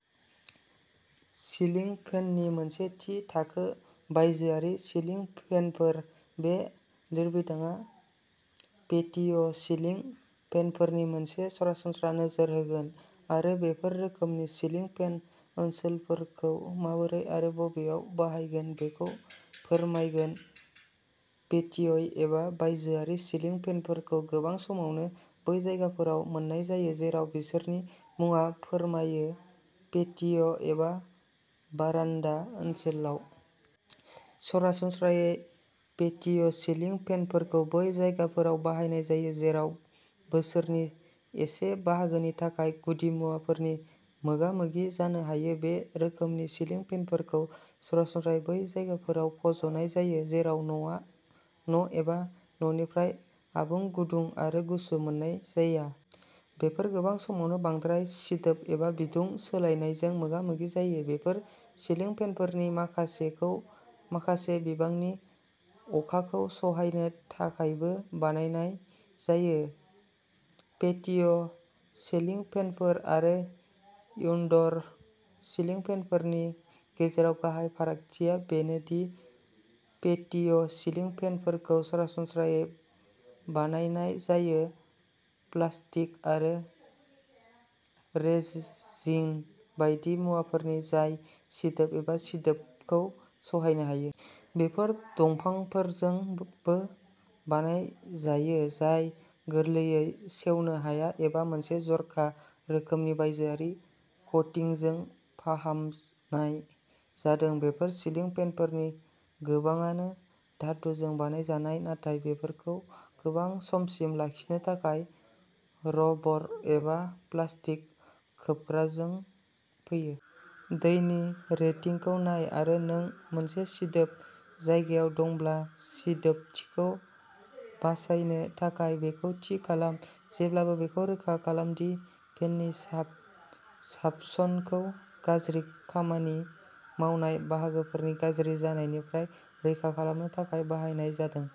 सिलिं फेननि मोनसे थि थाखो बायजोआरि सिलिं फेनफोर। बे लिरबिदांआ पेटिय'सिलिं फेनफोरनि मोनसे सरासनस्रा नोजोर होगोन आरो बेफोर रोखोमनि सिलिं फेन ओनसोलफोरखौ माबोरै आरो बबेयाव बाहायगोन बेखौ फोरमायगोन। पेटिय' एबा बायजोआरि सिलिं फेनफोरखौ गोबां समावनो बै जायगाफोराव मोन्नाय जायो जेराव बिसोरनि मुङा फोरमायो पेटिय' एबा बारान्दा ओनसोलाव। सरासनस्रायै पेटिय'सिलिं फेनफोरखौ बै जायगाफोराव बाहायनाय जायो जेराव बोसोरनि एसे बाहागोनि थाखाय गुदिमुवाफोरनि मोगामोगि जानो हायो। बे रोखोमनि सिलिं फेनफोरखौ सरासनस्रायै बै जायगाफोराव फज'नाय जायो जेराव न'आ न' एबा न'निफ्राय आबुं गुदुं आरो गुसु मोननाय जाया। बेफोर गोबां समावनो बांद्राय सिदोब एबा बिदुं सोलायनायजों मोगा-मोगि जायो। बेफोर सिलिं फेनफोरनि माखासेखौ माखासे बिबांनि अखाखौ सहायनो थाखायबो बानायनाय जायो। पेटिय'सिलिं फेनफोर आरो इउनड'र सिलिं फेनफोरनि गेजेराव गाहाय फारागथिया बेनो दि पेटिय'सिलिं फेनफोरखौ सरासनस्रायै बानायनाय जायो प्लास्टिक आरो रेजिन बायदि मुवाफोरनि जाय सिदोब एबा सिदोबखौ सहायनो हायो। बेफोर दंफांफोरजोंबो बानायजायो जाय गोरलैयै सेवनो हाया एबा मोनसे जरखा रोखोमनि बायजोआरि क'टिंजों फाहामनाय जादों। बेफोर सिलिं फेनफोरनि गोबांआनो धातुजों बानायजानाय, नाथाय बेफोरखौ गोबाव समसिम लाखिनो थाखाय रबर एबा प्लास्टिक खोबग्राजों फैयो। दैनि रेटिंखौ नाय आरो नों मोनसे सिदोब जायगायाव दंब्ला, सिदोबथिखौ बासायनो थाखाय बेखौ थि खालाम। जेब्लाबो बेखौ रोखा खालाम दि फेननि साब साबसनखौ गाज्रि खामानि मावनाय बाहागोफोरखौ गाज्रि जानायनिफ्राय रैखा खालामनो थाखाय बाहायनाय जादों।